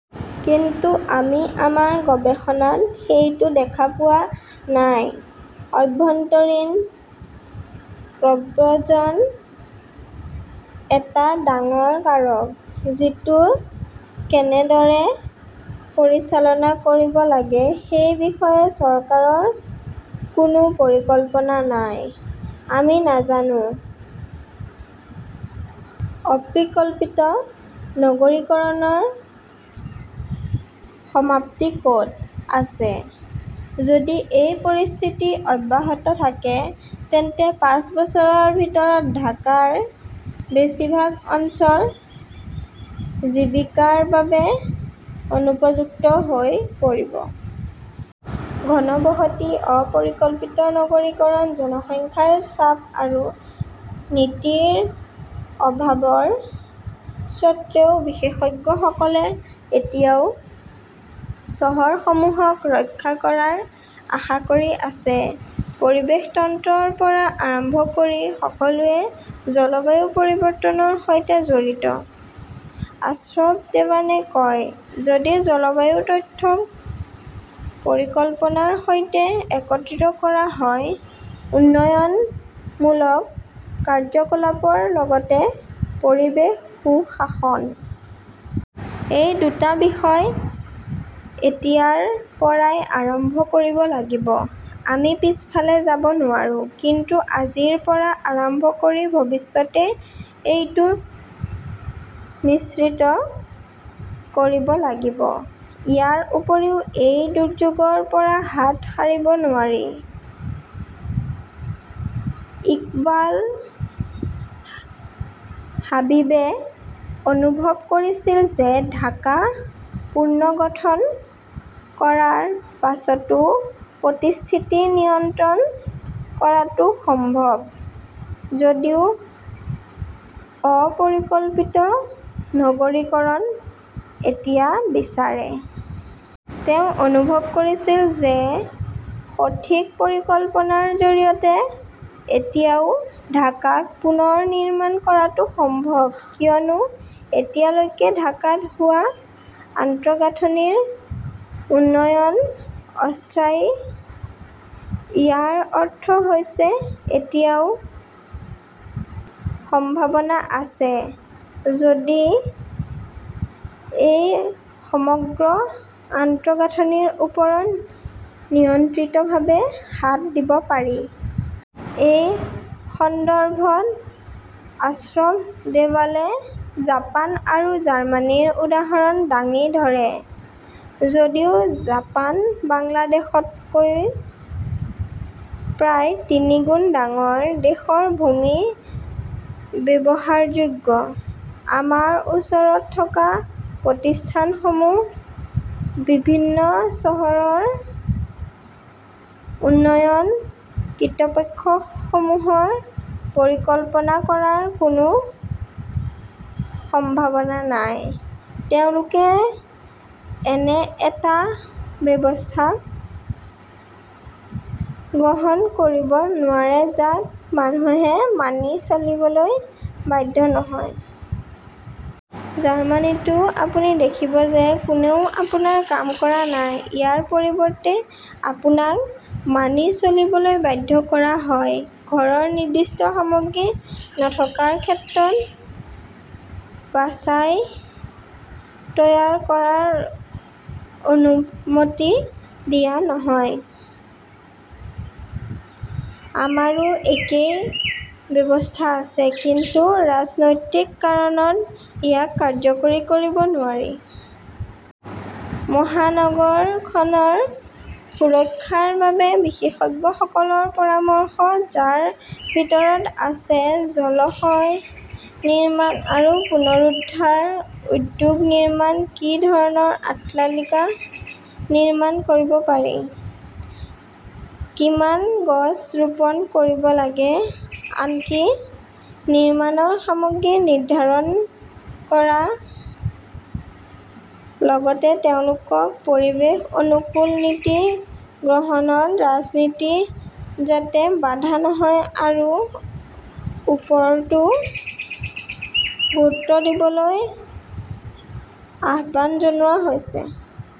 কিন্তু আমি আমাৰ গৱেষণাত সেইটো দেখা পোৱা নাই। আভ্যন্তৰীণ প্ৰব্ৰজন এটা ডাঙৰ কাৰক, যিটো কেনেদৰে পৰিচালনা কৰিব লাগে সেই বিষয়ে চৰকাৰৰ কোনো পৰিকল্পনা নাই। আমি নাজানো অপ্ৰিকল্পিত নগৰীকৰণৰ সমাপ্তি ক'ত আছে। যদি এই পৰিস্থিতি অব্যাহত থাকে, তেন্তে পাঁচ বছৰৰ ভিতৰত ঢাকাৰ বেছিভাগ অঞ্চল জীৱিকাৰ বাবে অনুপযুক্ত হৈ পৰিব। ঘনবসতি, অ-পৰিকল্পিত নগৰীকৰণ, জনসংখ্যাৰ চাপ আৰু নীতিৰ অভাৱৰ স্বত্বেও বিশেষজ্ঞসকলে এতিয়াও চহৰসমূহক ৰক্ষা কৰাৰ আশা কৰি আছে। "পৰিৱেশ তন্ত্ৰৰ পৰা আৰম্ভ কৰি সকলোৱে জলবায়ু পৰিৱৰ্তনৰ সৈতে জড়িত", আশ্ৰফ দেৱানে কয়। যদি জলবায়ু তথ্যক পৰিকল্পনাৰ সৈতে একত্ৰিত কৰা হয়, উন্নয়নমূলক কাৰ্যকলাপৰ লগতে পৰিৱেশ সু-শাসন। এই দুটা বিষয় এতিয়াৰ পৰাই আৰম্ভ কৰিব লাগিব। আমি পিছফালে যাব নোৱাৰো। কিন্তু আজিৰ পৰা আৰম্ভ কৰি ভৱিষ্যতে এইটো নিশ্চিত কৰিব লাগিব। ইয়াৰ উপৰিও এই দুৰ্যোগৰ পৰা হাত সাৰিব নোৱাৰি। ইকবাল হাবিবে অনুভৱ কৰিছিল যে ঢাকা পুনৰ্গঠন কৰাৰ পিছতো পৰিস্থিতি নিয়ন্ত্ৰণ কৰাটো সম্ভৱ, যদিও অ-পৰিকল্পিত নগৰীকৰণ এতিয়া বিচাৰে। তেওঁ অনুভৱ কৰিছিল যে সঠিক পৰিকল্পনাৰ জৰিয়তে এতিয়াও ঢাকাক পুনৰ নিৰ্মাণ কৰাটো সম্ভৱ, কিয়নো এতিয়ালৈকে ঢাকাত হোৱা আন্তঃগাঁথনিৰ উন্নয়ন অস্থায়ী। ইয়াৰ অৰ্থ হৈছে এতিয়াও সম্ভাৱনা আছে, যদি এই সমগ্ৰ আন্তঃগাঁথনিৰ ওপৰত নিয়ন্ত্ৰিতভাৱে হাত দিব পাৰি। এই সন্দৰ্ভত আশ্ৰফ দেৱানে জাপান আৰু জাৰ্মানীৰ উদাহৰণ দাঙি ধৰে। যদিও জাপান বাংলাদেশতকৈ প্ৰায় তিনিগুণ ডাঙৰ, দেশৰ ভূমি ব্যৱহাৰযোগ্য। আমাৰ ওচৰত থকা প্ৰতিষ্ঠানসমূহ, বিভিন্ন চহৰৰ উন্নয়ন কৰ্তৃপক্ষসমূহৰ পৰিকল্পনা কৰাৰ কোনো সম্ভাৱনা নাই। তেওঁলোকে এনে এটা ব্যৱস্থা গ্ৰহণ কৰিব নোৱাৰে যাক মানুহে মানি চলিবলৈ বাধ্য হয়। জাৰ্মানীতও আপুনি দেখিব যে কোনেও আপোনাৰ কাম কৰা নাই। ইয়াৰ পৰিৱৰ্তে আপোনাক মানি চলিবলৈ বাধ্য কৰা হয়। ঘৰৰ নিৰ্দিষ্ট সামগ্ৰী নথকাৰ ক্ষেত্ৰত বাচাই তৈয়াৰ কৰাৰ অনুমতি দিয়া নহয়। আমাৰো একেই ব্যৱস্থা আছে। কিন্তু ৰাজনৈতিক কাৰণত ইয়াক কাৰ্যকৰী কৰিব নোৱাৰি। মহানগৰখনৰ সুৰক্ষাৰ বাবে বিশেষজ্ঞসকলৰ পৰামৰ্শ, যাৰ ভিতৰত আছে জলাশয় নিৰ্মাণ আৰু পুনৰুদ্ধাৰ, উদ্যান নিৰ্মাণ, কি ধৰণৰ অট্টালিকা নিৰ্মাণ কৰিব পাৰি, কিমান গছ ৰোপণ কৰিব লাগে, আনকি নিৰ্মাণৰ সামগ্ৰী নিৰ্ধাৰণ কৰা। লগতে তেওঁলোকক পৰিৱেশ অনুকূল নীতি গ্ৰহণত ৰাজনীতি যাতে বাধা নহয় তাৰ ওপৰতো গুৰুত্ব দিবলৈ আহ্বান জনোৱা হৈছে।